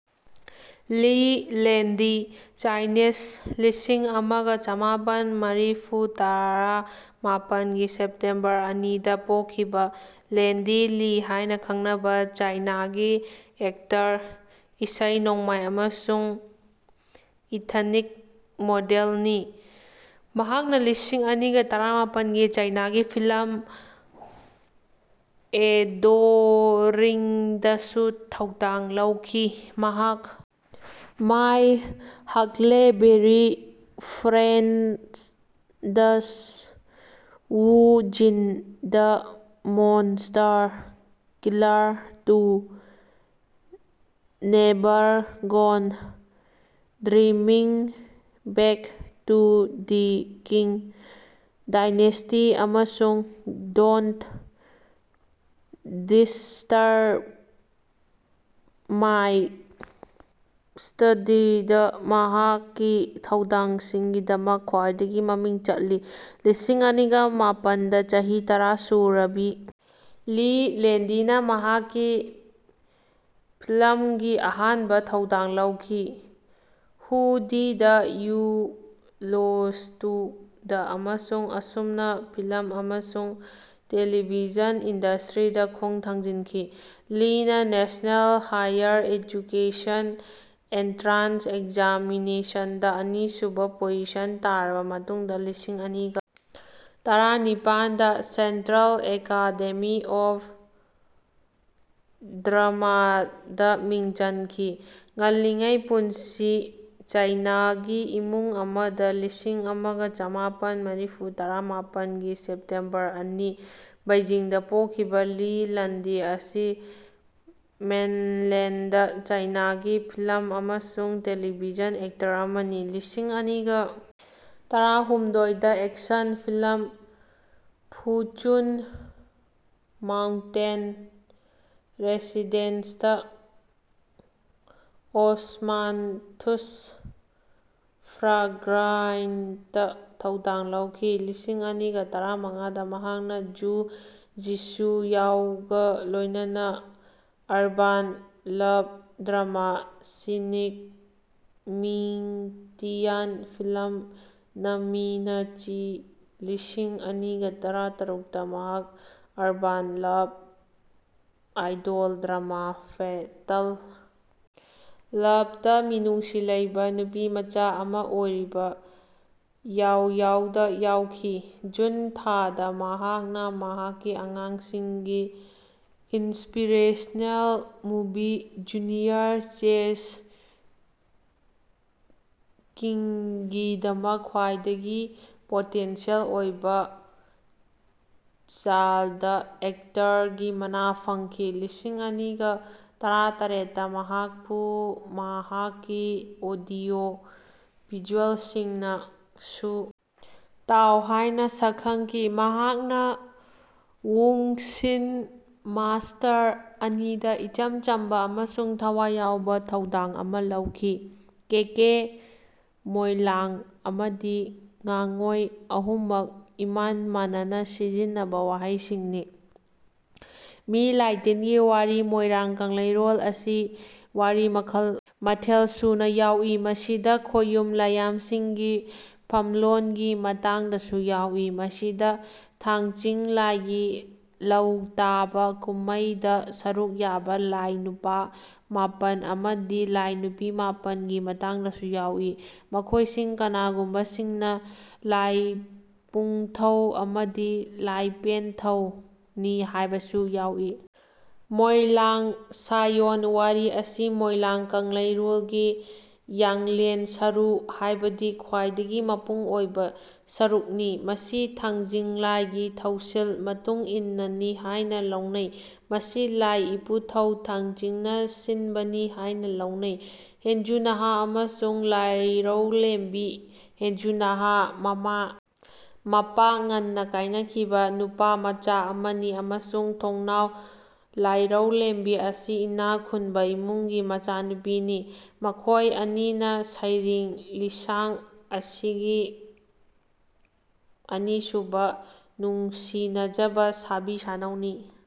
ꯂꯤ ꯂꯦꯟꯗꯤ ( ꯆꯥꯏꯅꯤꯁ, ꯂꯤꯁꯤꯡ ꯑꯃꯒ ꯆꯃꯥꯄꯟ ꯃꯔꯤꯐꯨꯇꯔꯥ ꯃꯥꯄꯟꯒꯤ ꯁꯦꯞꯇꯦꯝꯕꯔ ꯑꯅꯤꯗ ꯄꯣꯛꯈꯤꯕ), ꯂꯦꯟꯗꯤ ꯂꯤ ꯍꯥꯏꯅ ꯈꯪꯅꯕ ꯆꯥꯏꯅꯥꯒꯤ ꯑꯦꯛꯇꯔ, ꯏꯁꯩ ꯅꯣꯡꯃꯥꯏ ꯑꯃꯁꯨꯡ ꯏꯊꯅꯤꯛ ꯃꯣꯗꯦꯜꯅꯤ꯫ ꯃꯍꯥꯛꯅ ꯂꯤꯁꯤꯡ ꯑꯅꯤꯒ ꯇꯔꯥꯃꯥꯄꯟꯒꯤ ꯆꯥꯏꯅꯥꯒꯤ ꯐꯤꯂꯝ ꯑꯦꯗꯣꯔꯤꯡꯗꯁꯨ ꯊꯧꯗꯥꯡ ꯂꯧꯈꯤ꯫ ꯃꯍꯥꯛ my huckleberry friends, Wu Jin: the monster killer two, never gone, dreaming back to the king dynasty ꯑꯃꯁꯨꯡ ꯗꯣꯟꯇ ꯗꯤꯁꯇꯔꯕ ꯃꯥꯏ ꯁ꯭ꯇꯗꯤꯗ ꯃꯍꯥꯛꯀꯤ ꯊꯧꯗꯥꯡꯁꯤꯡꯒꯤꯗꯃꯛ ꯈ꯭ꯋꯥꯏꯗꯒꯤ ꯃꯃꯤꯡ ꯆꯠꯂꯤ꯫ ꯂꯤꯁꯤꯡ ꯑꯅꯤꯒ ꯃꯥꯄꯟꯗ ꯆꯍꯤ ꯇꯔꯥ ꯁꯨꯔꯕꯤ ꯂꯤ ꯂꯦꯟꯗꯤꯅ ꯃꯍꯥꯛꯀꯤ ꯐꯤꯜꯝꯒꯤ ꯑꯍꯥꯟꯕ ꯊꯧꯗꯥꯡ ꯂꯧꯈꯤ "who did you lose to" ꯗ ꯑꯃꯁꯨꯡ ꯑꯁꯨꯝꯅ ꯐꯤꯜꯝ ꯑꯃꯁꯨꯡ ꯇꯦꯂꯤꯚꯤꯖꯟ ꯏꯟꯗꯁꯇ꯭ꯔꯤꯗ ꯈꯣꯡ ꯊꯥꯡꯖꯤꯟꯈꯤ꯫ ꯂꯤꯅ ꯅꯦꯁꯅꯦꯜ ꯍꯥꯏꯌꯔ ꯑꯦꯖꯨꯀꯦꯁꯟ ꯑꯦꯟꯇ꯭ꯔꯥꯟꯁ ꯑꯦꯛꯖꯥꯃꯤꯅꯦꯁꯟꯗ ꯑꯅꯤꯁꯨꯕ ꯄꯣꯖꯤꯁꯟ ꯇꯥꯔꯕ ꯃꯇꯨꯡꯗ ꯂꯤꯁꯤꯡ ꯑꯅꯤꯒ ꯇꯔꯥꯅꯤꯄꯥꯜꯗ ꯁꯦꯟꯇ꯭ꯔꯦꯜ ꯑꯦꯀꯥꯗꯦꯃꯤ ꯑꯣꯐ ꯗ꯭ꯔꯃꯥꯗ ꯃꯤꯡ ꯆꯟꯈꯤ꯫ ꯉꯜꯂꯤꯉꯩ ꯄꯨꯟꯁꯤ ꯆꯥꯏꯅꯥꯒꯤ ꯏꯃꯨꯡ ꯑꯃꯗ ꯂꯤꯁꯤꯡ ꯑꯃꯒ ꯆꯃꯥꯄꯟ ꯃꯔꯤꯐꯨꯇꯔꯥ ꯃꯥꯄꯟꯒꯤ ꯁꯦꯞꯇꯦꯝꯕꯔ ꯑꯅꯤ, ꯕꯩꯖꯤꯡꯗ ꯄꯣꯛꯈꯤꯕ ꯂꯤ ꯂꯟꯗꯤ ꯑꯁꯤ ꯃꯦꯟꯂꯦꯟꯗ ꯆꯥꯏꯅꯥꯒꯤ ꯐꯤꯜꯝ ꯑꯃꯁꯨꯡ ꯇꯦꯂꯤꯚꯤꯖꯟ ꯑꯦꯛꯇꯔ ꯑꯃꯅꯤ꯫ ꯂꯤꯁꯤꯡ ꯑꯅꯤꯒ ꯇꯔꯥꯍꯨꯝꯗꯣꯏꯗ ꯑꯦꯛꯁꯟ ꯐꯤꯜꯝ ꯐꯨꯆꯨꯟ ꯃꯥꯎꯟꯇꯦꯟ ꯔꯦꯁꯤꯗꯦꯟꯁꯇ ꯑꯣꯁꯃꯥꯟꯊꯨꯁ ꯐ꯭ꯔꯥꯒ꯭ꯔꯥꯟꯁꯇ ꯊꯧꯗꯥꯡ ꯂꯧꯈꯤ꯫ ꯂꯤꯁꯤꯡ ꯑꯅꯤꯒ ꯇꯔꯥꯃꯉꯥꯗ ꯃꯍꯥꯛꯅ ꯖꯨ ꯖꯤꯁꯤꯌꯥꯎꯒ ꯂꯣꯏꯅꯅ ꯑꯔꯕꯥꯟ ꯂꯚ ꯗ꯭ꯔꯃꯥ ꯁꯤꯅꯤꯡ ꯃꯤꯡꯇꯤꯌꯥꯟ ꯐꯤꯜꯝ ꯅꯃꯤꯅꯆꯤ ꯂꯤꯁꯤꯡ ꯑꯅꯤꯒ ꯇꯔꯥꯇꯔꯨꯛꯇ ꯃꯍꯥꯛ urban love idol drama fatal ꯂꯚꯇ ꯃꯤꯅꯨꯡꯁꯤ ꯂꯩꯕ ꯅꯨꯄꯤꯃꯆꯥ ꯑꯃ ꯑꯣꯏꯔꯤꯕ ꯌꯥꯎꯌꯥꯎꯗ ꯌꯥꯎꯈꯤ꯫ ꯖꯨꯟ ꯊꯥꯗ ꯃꯍꯥꯛꯅ ꯃꯍꯥꯛꯀꯤ ꯑꯉꯥꯡꯁꯤꯡꯒꯤ ꯏꯟꯁꯄꯤꯔꯦꯁꯅꯦꯜ ꯃꯨꯚꯤ ꯖꯨꯅꯤꯌꯔ ꯆꯦꯁ ꯀꯤꯡꯒꯤꯗꯃꯛ ꯈ꯭ꯋꯥꯏꯗꯒꯤ ꯄꯣꯇꯦꯟꯁꯤꯌꯦꯜ ꯑꯣꯏꯕ ꯆꯥꯏꯜꯗ ꯑꯦꯛꯇꯔꯒꯤ ꯃꯅꯥ ꯐꯪꯈꯤ꯫ ꯂꯤꯁꯤꯡ ꯑꯅꯤꯒ ꯇꯔꯥꯇꯔꯦꯠꯇ ꯃꯍꯥꯛꯄꯨ ꯃꯍꯥꯛꯀꯤ ꯑꯣꯗꯤꯑꯣ ꯚꯤꯖꯨꯑꯦꯜꯁꯤꯡꯅ ꯁꯨ ꯇꯥꯎ ꯍꯥꯏꯅ ꯁꯛꯈꯪꯈꯤ꯫ ꯃꯍꯥꯛꯅ ꯋꯨꯛꯁꯤꯟ ꯃꯥꯁꯇꯔ ꯑꯅꯤꯗ ꯏꯆꯝ ꯆꯝꯕ ꯑꯃꯁꯨꯡ ꯊꯋꯥꯏ ꯌꯥꯎꯕ ꯊꯧꯗꯥꯡ ꯑꯃ ꯂꯧꯈꯤ꯫ "ꯀꯦꯀꯦ", "ꯃꯣꯢꯂꯥꯡ" ꯑꯃꯗꯤ "ꯉꯥꯉꯣꯢ" ꯑꯍꯨꯝꯃꯛ ꯏꯃꯥꯟ ꯃꯥꯟꯅꯅ ꯁꯤꯖꯤꯟꯅꯕ ꯋꯥꯍꯩꯁꯤꯡꯅꯤ꯫ ꯃꯤ ꯂꯥꯢ ꯇꯤꯟꯒꯤ ꯋꯥꯔꯤ ꯃꯣꯏꯔꯥꯡ ꯀꯪꯂꯩꯔꯣꯜ ꯑꯁꯤ ꯋꯥꯔꯤ ꯃꯈꯜ ꯃꯊꯦꯜ ꯁꯨꯅ ꯌꯥꯎꯏ꯫ ꯃꯁꯤꯗ ꯈꯣꯌꯨꯝ ꯂꯥꯌꯥꯝꯁꯤꯡꯒꯤ ꯐꯝꯂꯣꯟꯒꯤ ꯃꯇꯥꯡꯗꯁꯨ ꯌꯥꯎꯏ꯫ ꯃꯁꯤꯗ ꯊꯥꯡꯆꯤꯡ ꯂꯥꯢꯒꯤ ꯂꯧꯇꯥꯕ ꯀꯨꯝꯃꯩꯗ ꯁꯔꯨꯛ ꯌꯥꯕ ꯂꯥꯢ ꯅꯨꯄꯥ ꯃꯥꯄꯟ ꯑꯃꯗꯤ ꯂꯥꯢ ꯅꯨꯄꯤ ꯃꯥꯥꯄꯟ ꯒꯤ ꯃꯇꯥꯡꯗꯁꯨ ꯌꯥꯎꯏ꯫ ꯃꯈꯣꯢꯁꯤ ꯀꯅꯥꯒꯨꯝꯕꯁꯤꯡꯅ "ꯂꯥꯢꯄꯨꯡꯊꯧ" ꯑꯃꯗꯤ "ꯂꯥꯢꯄꯦꯟꯊꯧ"ꯅꯤ ꯍꯥꯢꯕꯁꯨ ꯌꯥꯎꯏ꯫ ꯃꯣꯢꯂꯥꯡ ꯁꯥꯌꯣꯟ ꯋꯥꯔꯤ ꯑꯁꯤ ꯃꯣꯢꯂꯥꯡ ꯀꯪꯂꯩꯔꯣꯜꯒꯤ ꯌꯥꯡꯂꯦꯟ ꯁꯔꯨ (ꯍꯥꯢꯕꯗꯤ ꯈ꯭ꯋꯥꯢꯗꯒꯤ ꯃꯄꯨꯡ ꯑꯣꯢꯕ) ꯁꯔꯨꯛ ꯅꯤ꯫ ꯃꯁꯤ ꯊꯥꯡꯖꯤꯡ ꯂꯥꯢꯒꯤ ꯊꯧꯁꯤꯜ ꯃꯇꯨꯡꯏꯟꯅꯅꯤ ꯍꯥꯢꯅ ꯂꯧꯅꯩ꯫ ꯃꯁꯤ ꯂꯥꯢ ꯏꯄꯨꯊꯧ ꯊꯥꯡꯆꯤꯡꯅ ꯁꯤꯟꯕꯅꯤ ꯍꯥꯢꯅ ꯂꯧꯅꯩ꯫ ꯍꯦꯟꯖꯨꯅꯥꯍꯥ ꯑꯃꯁꯨꯡ ꯂꯥꯏꯔꯧꯂꯦꯝꯕꯤ ꯍꯦꯟꯖꯨꯅꯥꯍꯥ, ꯃꯃꯥ ꯃꯄꯥ ꯉꯟꯅ ꯀꯥꯏꯅꯈꯤꯕ ꯅꯨꯄꯥꯃꯆꯥ ꯑꯃꯅꯤ ꯑꯃꯁꯨꯡ ꯊꯣꯡꯅꯥꯡ ꯂꯥꯏꯔꯧꯂꯦꯝꯕꯤ ꯑꯁꯤ ꯏꯅꯥꯈꯨꯟꯕ ꯏꯃꯨꯡꯒꯤ ꯃꯆꯥꯅꯨꯄꯤꯅꯤ꯫ ꯃꯈꯣꯏ ꯑꯅꯤꯅ ꯁꯩꯔꯦꯡ ꯂꯤꯁꯥꯡ ꯑꯁꯤꯒꯤ ꯑꯅꯤꯁꯨꯕ ꯅꯨꯡꯁꯤꯅꯖꯕ ꯁꯥꯕꯤ ꯁꯥꯅꯧꯅꯤ꯫